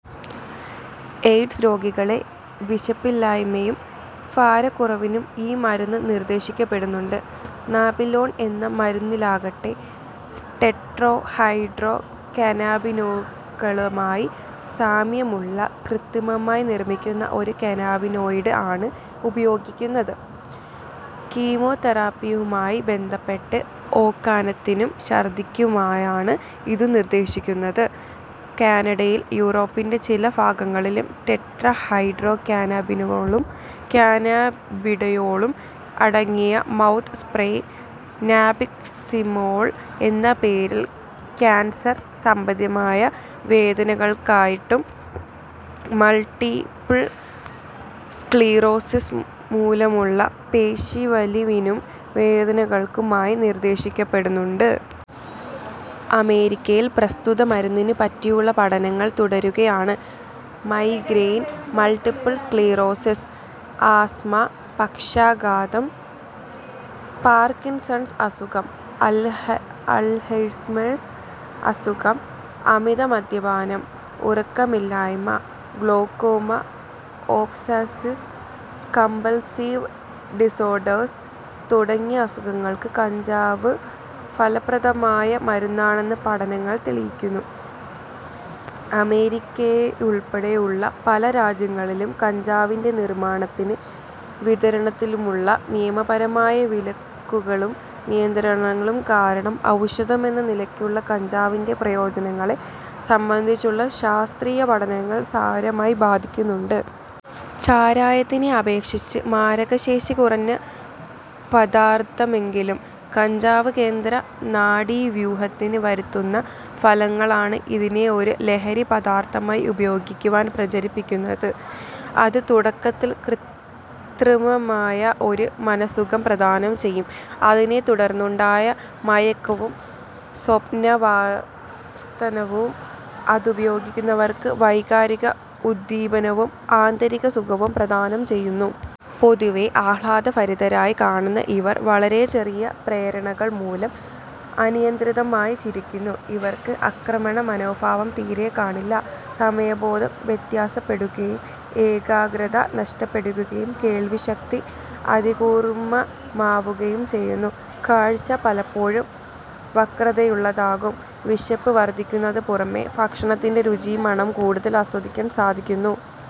AIDS രോഗികളിലെ വിശപ്പില്ലായ്മയും ഭാരക്കുറവിനും ഈ മരുന്ന് നിർദ്ദേശിക്കപ്പെടുന്നുണ്ട്. നാബിലോൺ എന്ന മരുന്നിലാകട്ടെ, ടെട്രാ ഹൈഡ്രോ കനാബിനോളുമായി സാമ്യതയുള്ള കൃത്രിമമായി നിർമ്മിക്കുന്ന ഒരു കനാബിനോയ്ഡ് ആണ് ഉപയോഗിക്കുന്നത്. കീമോതെറാപ്പിയുമായി ബന്ധപ്പെട്ട ഓക്കാനത്തിനും ഛർദ്ദിക്കുമാണ് ഇതും നിർദ്ദേശിക്കുന്നത്. കാനഡയിലും യൂറോപ്പിന്റെ ചില ഭാഗങ്ങളിലും ടെട്രാ ഹൈഡ്രോ കനാബിനോളും കനാബിഡയോളും അടങ്ങിയ മൗത്ത് സ്പ്രേ നാബിക്സിമോൾ എന്ന പേരിൽ കാൻസർ സംബന്ധിയായ വേദനകൾക്കായിട്ടും, മൾടിപിൾ സ്ക്ലീറോസിസ് മൂലമുള്ള പേശീവലിവിനും വേദനകൾകും ആയി നിർദ്ദേശിക്കപ്പെടുന്നുണ്ട്. അമേരിക്കയിൽ പ്രസ്തുത മരുന്നിനെ പറ്റിയുള്ള പഠനങ്ങൾ തുടരുകയാണ്. മൈഗ്രേൻ, മൾടിപ്പിൾ സ്ക്ളീറോസിസ്, ആസ്ത്മ, പക്ഷാഘാതം, പാർകിൻസൺസ് അസുഖം, അൽഹൈറ്റ്മേഴ്സ് അസുഖം, അമിത മദ്യപാനം, ഉറക്കമില്ലായ്മ, ഗ്ലോക്കോമ, ഒബ്സസീസ് കമ്പൽസീവ് ഡിസോർഡർ തുടങ്ങിയ അസുഖങ്ങൾക്ക് കഞ്ചാവ് ഫലപ്രദമായ മരുന്നാണെന്ന് പഠനങ്ങൾ തെളിയിക്കുന്നു. അമേരിക്കയുൾപടെയുള്ള പല രാജ്യങ്ങളിലും കഞ്ചാവിന്റെ നിർമ്മാണത്തിലും വിതരണത്തിലുമുള്ള നിയമപരമായ വിലക്കുകളും നിയന്ത്രണങ്ങളും കാരണം ഔഷധമെന്ന നിലക്കുള്ള കഞ്ചാവിന്റെ പ്രയോജനങ്ങളെ സംബന്ധിച്ചുള്ള ശാസ്ത്രീയ പഠനങ്ങളെ സാരമായി ബാധിക്കുന്നുണ്ട്. ചാരായത്തിനെ അപേക്ഷിച്ച് മാരകശേഷി കുറഞ്ഞ പദാർഥമെങ്കിലും, കഞ്ചാവ് കേന്ദ്ര നാഡീവ്യൂഹത്തിൽ വരുത്തുന്ന ഫലങ്ങളാണ് ഇതിനെ ഒരു ലഹരി പദാർഥമായി ഉപയോഗിക്കുവാൻ പ്രേരിപ്പിക്കുന്നത്. അത് തുടക്കത്തിൽ കൃത്രിമമായ ഒരു മനഃസുഖം പ്രദാനം ചെയ്യുന്നു. അതിനെ തുടർന്നുണ്ടാകുന്ന മയക്കവും സ്വപ്നാവസ്ഥയും അതുപയോഗിക്കുന്നയാൾക്ക് വൈകാരിക ഉദ്ദീപനവും ആന്തരിക സുഖവും പ്രദാനം ചെയ്യുന്നു. പൊതുവെ ആഹ്ലാദ ഭരിതരായി കാണുന്ന ഇവർ വളരെ ചെറിയ പ്രേരണകൾ മൂലം അനിയന്ത്രിതമായി ചിരിക്കുന്നു. ഇവർക്ക് ആക്രമണ മനോഭാവം തീരെ കാണില്ല. സമയബോധം വ്യത്യാസപ്പെടുകയും, ഏകാഗ്രത നഷ്ടപ്പെടുകയും, കേൾവി ശക്തി അതികൂർമ്മമാവുകയുംചെയ്യുന്നു. കാഴ്ച പലപ്പോഴും വക്രതയുള്ളതാകും. വിശപ്പു വർദ്ധിക്കുന്നതിനു പുറമെ ഭക്ഷണത്തിന്റെ രുചിയും മണവും കൂടുതൽ ആസ്വദിക്കുവാൻ സാധിക്കുന്നു.